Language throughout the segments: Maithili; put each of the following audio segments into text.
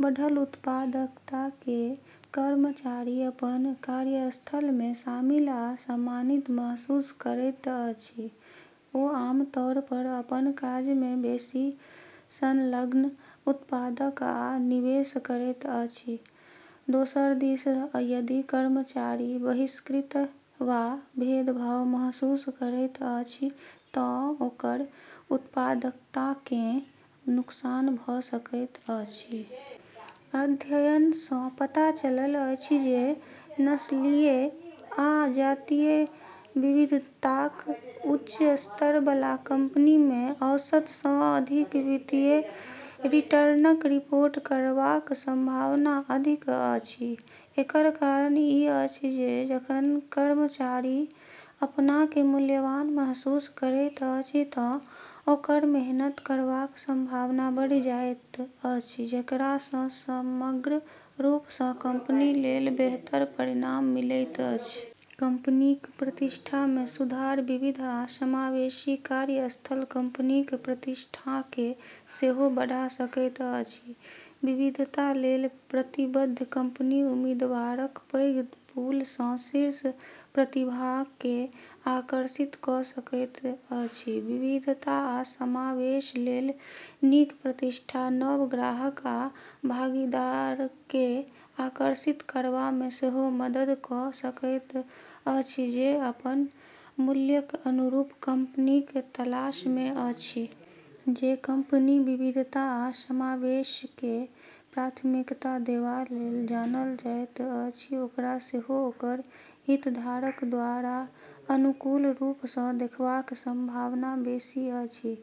बढ़ल उत्पादकता जे कर्मचारी अपन कार्यस्थलमे शामिल आ सम्मानित महसूस करैत अछि, ओ आमतौर पर अपन काजमे बेसि संलग्न, उत्पादक आ निवेश करैत अछि। दोसर दिस यदि कर्मचारी बहिष्कृत वा भेदभाव महसूस करैत अछि तँ ओकर उत्पादकताकेँ नुकसान भ’ सकैत अछि। अध्ययन सँ पता चलल अछि जे नस्लीय आ जातीय विविधताक उच्च स्तर बला कंपनीमे औसत सँ अधिक वित्तीय रिटर्नक रिपोर्ट करबाक संभावना अधिक अछि। एकर कारण ई अछि जे जखन कर्मचारी अपनाकेँ मूल्यवान महसूस करैत अछि तँ ओकरा मेहनत करबाक संभावना बढ़ि जाइत अछि, जेकरा सँ समग्र रूप सँ कंपनी लेल बेहतर परिणाम मिलैत अछि। कंपनीक प्रतिष्ठामे सुधार विविध आ समावेशी कार्यस्थल कंपनीक प्रतिष्ठाकेँ सेहो बढ़ा सकैत अछि। विविधता लेल प्रतिबद्ध कंपनी उम्मीदवारक पैघ पूल सँ शीर्ष प्रतिभाकेँ आकर्षित क’ सकैत अछि। विविधता आ समावेश लेल नीक प्रतिष्ठा नव ग्राहक आ भागीदारकेँ आकर्षित करबामे सेहो मदद क’ सकैत अछि जे अपन मूल्यक अनुरूप कंपनीक तलाशमे अछि। जे कंपनी विविधता आ समावेशकेँ प्राथमिकता देबा लेल जानल जाइत अछि, ओकरा सेहो ओकर हितधारक द्वारा अनुकूल रूप सँ देखबाक संभावना बेसि अछि।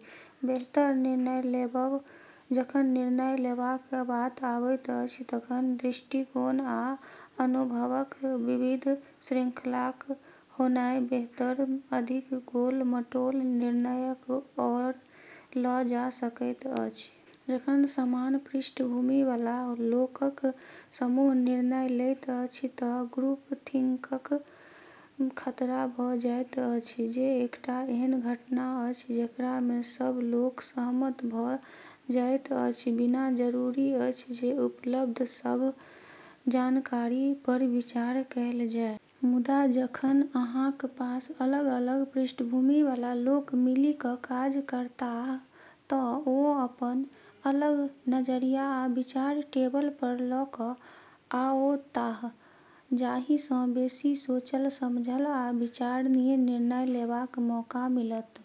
बेहतर निर्णय लेबब जखन निर्णय लेबाक बात आवैत अछि तखन दृष्टिकोण आ अनुभवक विविध श्रृंखलाक होनाइ बेहतर, अधिक गोल-मटोल निर्णयक ओर ल’ जा सकैत अछि। जखन समान पृष्ठभूमि बला लोकक समूह निर्णय लैत अछि तँ ग्रुपथिंकक खतरा भ’ जाइत अछि, जे एकटा एहन घटना अछि, जेकरामे सभ लोक सहमत भ’ जाइत अछि, बिना जरूरी अछि जे उपलब्ध सभ जानकारी पर विचार कएल जाय। मुदा जखन अहाँक पास अलग-अलग पृष्ठभूमि बला लोक मिलि क’ काज करताह तँ ओ अपन अलग नजरिया आ विचार टेबल पर ल’ क’ आओताह, जाहि सँ बेसि सोचल-समझल आ विचारणीय निर्णय लेबाक मौका मिलत।